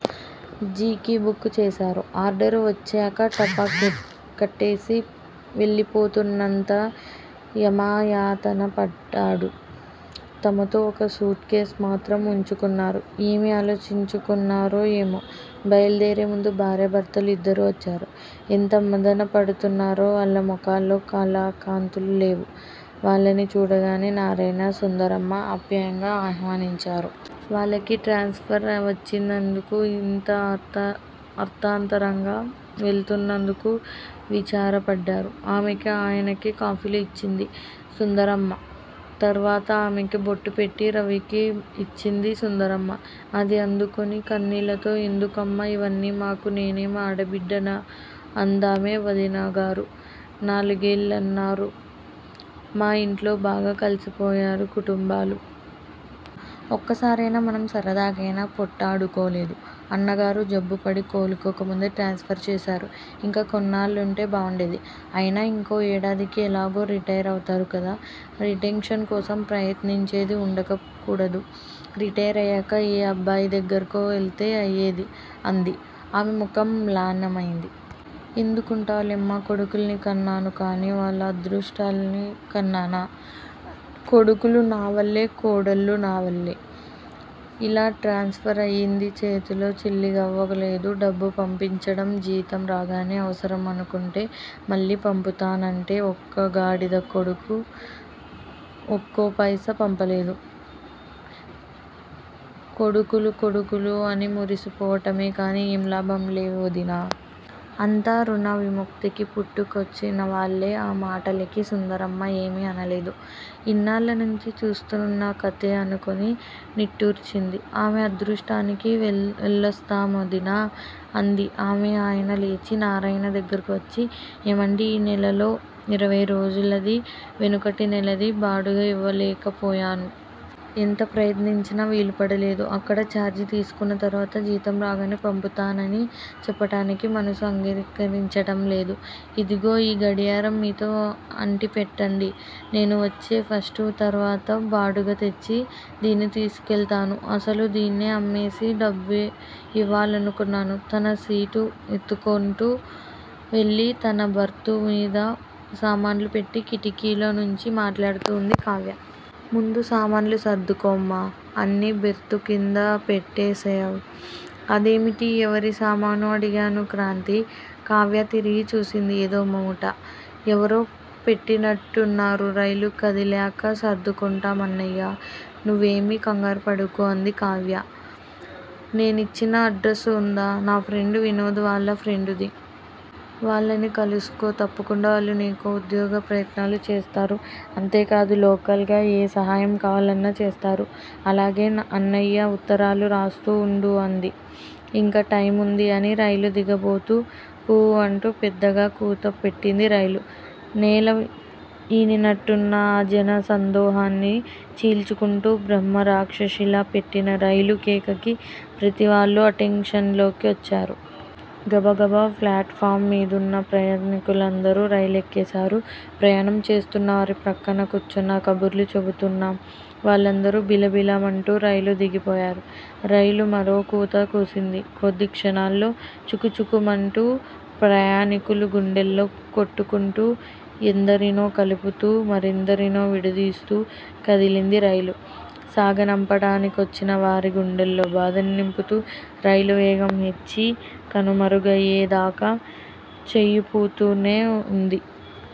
G. కి book చేశారు. Order వచ్చేక టపా కట్టేసి వెళ్ళిపోతున్నంత యమయాతన పడ్డాడు! తమతో ఒక సూట్ కేస్ మాత్రం వుంచుకున్నారు. ఏమి ఆలోచించుకున్నారో ఏమో బయలుదేరేముందు భార్యా భర్తలు ఇద్దరూ వచ్చారు. ఎంత మధన పడుతున్నారో వాళ్ళ ముఖాల్లో కళాకాంతులు లేవు. వాళ్ళని చూడగానే నారాయణ, సుందరమ్మా ఆప్యాయంగా ఆహ్వానించారు. వాళ్ళకి ట్రాన్స్ ఫర్ వచ్చినందుకు యింత అర్దాంతరంగా వెళ్తున్నందుకు, విచారపడ్డారు ఆమెకి ఆయనకి కాఫీలు ఇచ్చింది సుందరమ్మ. తర్వాత ఆమెకి బొట్టుపెట్టి రవిక ఇచ్చింది సుందరమ్మ అది అందుకుని కన్నీళ్ళతో ఎందుకమ్మా ఇవన్ని మాకు నేనేం ఆడబిడ్డనా? అందామె. వదినగారూ? నాలుగేళ్ళున్నారు మా ఇంట్లో! బాగా కలిసిపోయారు కుటుంబాలు! ఒక్కసారయినా మనం సరదాగైనా పోట్టాడుకోలేదు. అన్నగారు జబ్బుపడి కోలులోకముందే ట్రాన్స్ ఫర్ చేశారు. ఇంకా కొన్నాళ్ళుంటే బావుండేది. అయినా ఇంకో ఏడాదికి ఎలాగూ రిటైరవుతారు కదా రిటెన్షన్ కోసం ప్రయత్నంచేసి వుండకూడదా? రిటైర్ అయ్యాక ఏ అబ్బాయి దగ్గరికో వెళ్ళితే అయ్యేది! అంది. ఆమె ముఖం మ్లానమైంది. ఎందుకంటావులేమ్మా? కొడుకుల్ని కన్నాను కానీ వాళ్ళ అదృష్టాల్ని కన్నానా? కొడుకులు నా వళ్ళే కోడళ్ళు నా వళ్ళె? ఇలా ట్రాన్స్ ఫర్ అయింది చేతిలో చిల్లిగవ్వ లేదు డబ్బు పంపించండి. జీతం రాగానే అవసరమనుకుంటే మళ్ళీ పంపుతానంటే ఒక్కగాడిద కొడుకు ఒక్కపైసా పంపలేదు! కొడుకులు కొడుకులు అనిమురిసిపోవటమే కానీ ఏం లాభం లే వొదినా! అంతా ఋణ విముక్తికి పుట్టుకొచ్చినవాళ్ళే! ఆ మాటలకి సుందరమ్మ ఏమీ అనలేదు. ఇన్నాళ్ళ నుంచీ చూస్తూవున్న కథే అనుకుని నిట్టూర్చింది ఆమె అదృష్టానికి! వెళ్ళొస్తామొదినా! అంది ఆమె. ఆయన లేచి నారాయణ దగ్గరకు వచ్చి ఏమండీ ఈ నెలలో ఇరవైరోజులదీ, వెనుకటి నెలది బాడుగ యివ్వలేక పోయాను. ఎంత ప్రయత్నించినా వీలుపడలేదు. అక్కడ చార్జీ తీసుకున్న తర్వాత జీతం రాగానే పంపుతానని చెప్పటానికి మనసు అంగీకరించటం లేదు. ఇదిగో ఈ గడియారం మీతో అట్టిపెట్టండి. నేను వచ్చే ఫస్టు తర్వాత బాడుగతెచ్చి దీన్ని తీసుకవెళతాను. అసలు దీన్ని అమ్మేసి డబ్బే ఇవ్వాలనుకున్నాను. తన సీటు వెతుక్కుంటూ వెళ్ళి, తన 'బర్తు' మీద సామాన్లుపెట్టి, కిటికీలో నుంచి మాట్లాడుతూ వుంది కావ్య! ముందు సామాన్లు సర్దుకోమ్మా. అన్నీ బెర్తుకింద పెట్టేసేయ్! అదేమిటీ? ఎవరి సామానూ? అడిగాడు క్రాంతి. కావ్య తిరిగి చూసింది ఏదో మూట! ఎవరో పెట్టినట్టున్నారు. రైలు కదిలాక సర్దుకుంటాం అన్నయ్యా! నువ్వేమీ కంగారుపడకు అంది. కావ్యా! నేనిచ్చిన అడ్రసు వుందా? నా ఫ్రెండ్ వినోద్ వాళ్ళ ఫ్రెండుది! వాళ్ళని కలుసుకో! తప్పకుండా వాళ్ళు నీకు ఉద్యోగ ప్రయత్నాలు చేస్తారు. అంతేకాదు లోకల్ గా ఏ సహాయం కావాలన్నా చేస్తారు. అలాగే అన్నయ్యా! ఉత్తరాలు రాస్తూ వుండు అంది. ఇంకా టైముందీ అని రైలు దిగబోతూ. కూ అంటూ, పెద్దగా కూతపెట్టింది రైలు. నేల ఈనినట్టున్న, ఆ జన సందోహాన్ని చీల్చుకుంటు బ్రహ్మ రాక్షసిలా పెట్టిన రైలు కేకకి, ప్రతివాళ్లూ 'అటెంషన్' లో కొచ్చారు. గబగబా ప్లాట్ ఫారంమీదున్న ప్రయాణీకులందరూ రైలేక్కేశారు. ప్రయాణం చేస్తున్నవారి పక్కన కూర్చుని కబుర్లు చెబుతూన్న వారందరూ బిలబిల మంటూ రైలు దిగిపోయారు. రైలు మరో కూత కూసింది. కొద్ది క్షణాలలో చుకు చుకు చుకు మంటూ, ప్రయాణీకుల గుండెల్లా కొట్టుకుంటూ, ఎందరినో కలుపుతూ, మరెందరినో విడదీస్తూ కదిలింది రైలు, సాగనంపడానికొచ్చిన వారి గుండెల్లో బాధని నింపుతూ. రైలు వేగం హెచ్చి, కనుమరుగయ్యేదాకా, చెయ్యూపుతూనే వుంది